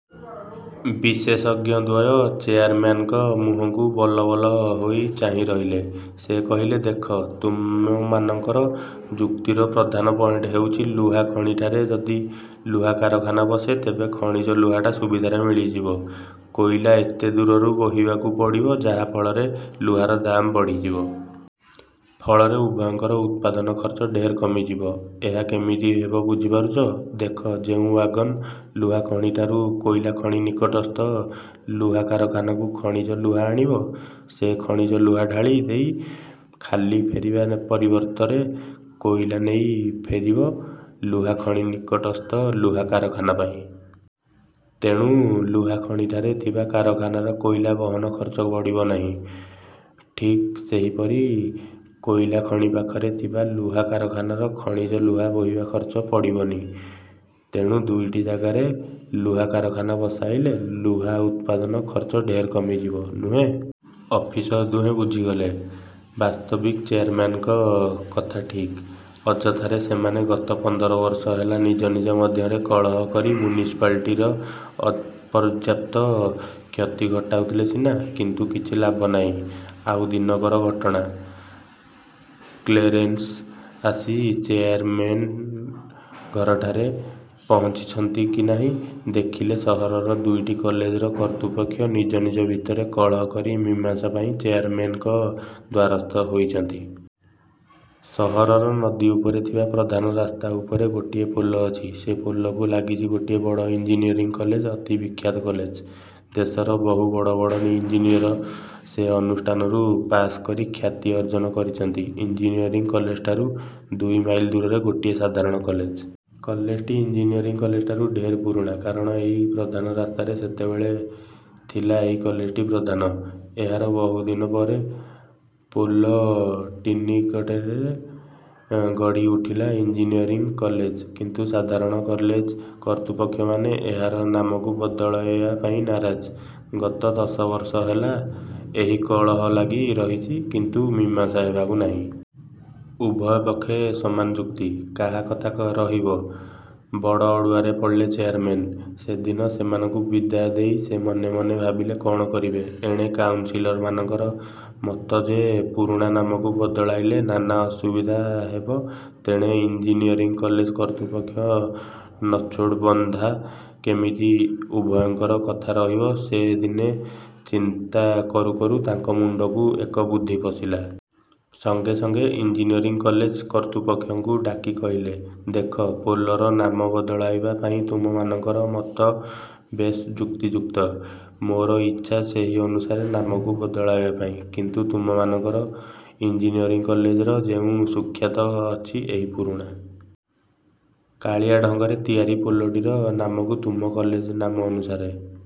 ବିଶେଷଜ୍ଞଦ୍ୱୟ ଚେୟାରମ୍ୟାନଙ୍କ ମୁହକୁ ବଲବଲ ହୋଇ ଚାହିଁ ରହିଲେ। ସେ କହିଲେ, ଦେଖ, ତୁମମାନଙ୍କର ଯୁକ୍ତିର ପ୍ରଧାନ ପଏଣ୍ଟ ହେଉଛି ଲୁହା ଖଣିଠାରେ ଯଦି ଲୁହା କାରଖାନା ବସେ ତେବେ ଖଣିଜ ଲୁହାଟା ସୁବିଧାରେ ମିଳିଯିବ। କୋଇଲା ଏତେ ଦୂରରୁ ବୋହିବାକୁ ପଡ଼ିବ ଯାହା ଫଳରେ ଲୁହାର ଦାମ ବଢ଼ିଯିବ। ଫଳରେ ଉଭୟଙ୍କର ଉତ୍ପାଦନ ଖର୍ଚ୍ଚ ଢେର କମିଯିବ। ଏହା କେମିତି ହେବ ବୁଝିପାରୁଛ? ଦେଖ ଯେଉଁ ଓ୍ୟାଗନ ଲୁହା ଖଣିଠାରୁ କୋଇଲା ଖଣି ନିକଟସ୍ଥ ଲୁହା କାରଖାନାକୁ ଖଣିଜ ଲୁହା ଆଣିବ ସେ ଖଣିଜ ଲୁହା ଢାଳି ଦେଇ ଖାଲି ଫେରିବା ପରିବର୍ତ୍ତରେ କୋଇଲା ନେଇ ଫେରିବ ଲୁହା ଖଣି ନିକଟସ୍ଥ ଲୁହା କାରଖାନା ପାଇଁ। ତେଣୁ ଲୁହା ଖଣିଠାରେ ଥିବା କାରଖାନାର କୋଇଲା ବହନ ଖର୍ଚ୍ଚ ପଡ଼ିବ ନାହିଁ। ଠିକ୍ ସେହିପରି କୋଇଲା ଖଣି ପାଖରେ ଥିବା ଲୁହା କାରଖାନାର ଖଣିଜ ଲୁହା ବୋହିବା ଖର୍ଚ୍ଚ ପଡ଼ିବନି। ତେଣୁ ଦୁଇଟି ଯାଗାରେ ଲୁହା କାରଖାନା ବସାଇଲେ ଲୁହା ଉତ୍ପାଦନ ଖର୍ଚ୍ଚ ଢେର କମିଯିବ, ନୁହେଁ? ଅଫିସର ଦୁହେଁ ବୁଝିଗଲେ। ବାସ୍ତବିକ୍ ଚେୟାରମେନଙ୍କ କଥା ଠିକ୍। ଅଯଥାରେ ସେମାନେ ଗତ ପନ୍ଦର ବର୍ଷ ହେଲା ନିଜ ନିଜ ମଧ୍ୟରେ କଳହ କରି ମ୍ୟୁନିସିପାଲିଟିର ଅପର୍ଯ୍ୟାପ୍ତ କ୍ଷତି ଘଟାଉଥିଲେ ସିନା, କିନ୍ତୁ କିଛି ଲାଭ ନାହିଁ। ଆଉ ଦିନକର ଘଟଣା କ୍ଳେରେନସ୍ ଆସି ଚେୟାରମେନ୍ଙ୍କ ଘରଠାରେ ପହଞ୍ଚିଛନ୍ତି କି ନାହିଁ, ଦେଖିଲେ ସହରର ଦୁଇଟି କଲେଜର କର୍ତ୍ତୁପକ୍ଷ ନିଜ ନିଜ ଭିତରେ କଳହ କରି ମୀମାଂସା ପାଇଁ ଚେୟାରମେନଙ୍କ ଦ୍ୱାରସ୍ଥ ହୋଇଛନ୍ତି। ସହରର ନଦୀ ଉପରେ ଥିବା ପ୍ରଧାନ ରାସ୍ତା ଉପରେ ଗୋଟିଏ ପୋଲ ଅଛି। ସେ ପୋଲକୁ ଲାଗିଛି ଗୋଟିଏ ବଡ଼ ଇଞ୍ଜିନିୟରିଂ କଲେଜ ଅତି ବିଖ୍ୟାତ କଲେଜ। ଦେଶର ବହୁ ବଡ଼ ବଡ଼ ଇଂଜିନିଅର ସେ ଅନୁଷ୍ଠାନରୁ ପାଶ କରି ଖ୍ୟାତି ଅର୍ଜ୍ଜନ କରିଛନ୍ତି। ଇଞ୍ଜିନିୟରିଂ କଲେଜଠାରୁ ଦୁଇ ମାଇଲ ଦୂରରେ ଗୋଟିଏ ସାଧାରଣ କଲେଜ। କଲେଜଟି ଇଂଜିନିଅରିଂ କଲେଜଠାରୁ ଢେର ପୁରୁଣା। କାରଣ ଏହି ପ୍ରଧାନ ରାସ୍ତାରେ ସେତେବେଳେ ଥିଲା ଏହି କଲେଜଟି ପ୍ରଧାନ। ଏହାର ବହୁଦିନ ପରେ ପୋଲଟିନିକଟରେ ଗଢ଼ି ଉଠିଲା ଇଂଜିନିଅରିଂ କଲେଜ କିନ୍ତୁ ସାଧାରଣ କଲେଜ କର୍ତ୍ତୃପକ୍ଷମାନେ ଏହାର ନାମକୁ ବଦଳାଇବା ପାଇଁ ନାରାଜ। ଗତ ଦଶବର୍ଷ ହେଲା ଏହି କଳହ ଲାଗି ରହିଛି; କିନ୍ତୁ ମୀମାଂସା ହେବାକୁ ନାହିଁ। ଉଭୟ ପକ୍ଷେ ସମାନ ଯୁକ୍ତି, କାହା କଥା ରହିବ। ବଡ଼ ଅଡ଼ୁଆରେ ପଡ଼ିଲେ ଚେୟାରମେନ। ସେଦିନ ସେମାନଙ୍କୁ ବିଦାୟ ଦେଇ ସେ ମନେ ମନେ ଭାବିଲେ କଣ କରିବେ। ଏଣେ କାଉନସିଲରମାନଙ୍କର ମତ ଯେ ପୁରୁଣା ନାମକୁ ବଦଳାଇଲେ ନାନା ଅସୁବିଧା ହେବ ତେଣେ ଇଂଜିନିଅରିଂ କଲେଜ କର୍ତ୍ତୃପକ୍ଷ ନ ଛୋଡ଼ ବନ୍ଦା କେମିତି ଉଭୟଙ୍କର କଥା ରହିବ ସେ ଦିନେ ଚିନ୍ତା କରୁ କରୁ ତାଙ୍କ ମୁଣ୍ଡକୁ ଏକ ବୁଦ୍ଧି ପଶିଲା। ସଙ୍ଗେ ସଙ୍ଗେ ଇଂଜିନିଅରିଂ କଲେଜ କର୍ତ୍ତୃପକ୍ଷଙ୍କୁ ଡାକି କହିଲେ, ଦେଖ, ପୋଲର ନାମ ବଦଳାଇବା ପାଇଁ ତୁମମାନଙ୍କର ମତ ବେଶ ଯୁକ୍ତି ଯୁକ୍ତ। ମୋର ଇଚ୍ଛା ସେହି ଅନୁସାରେ ନାମକୁ ବଦଳାଇବା ପାଇଁ। କିନ୍ତୁ ତୁମ୍ଭମାନଙ୍କର ଇଂଜିନିଅରିଂ କଲେଜର ଯେଉଁ ସୁଖ୍ୟାତ ଅଛି ଏହି ପୁରୁଣା କାଳିଆ ଢଙ୍ଗରେ ତିଆରି ପୋଲଟିର ନାମକୁ ତୁମ କଲେଜ ନାମ ଅନୁସାରେ |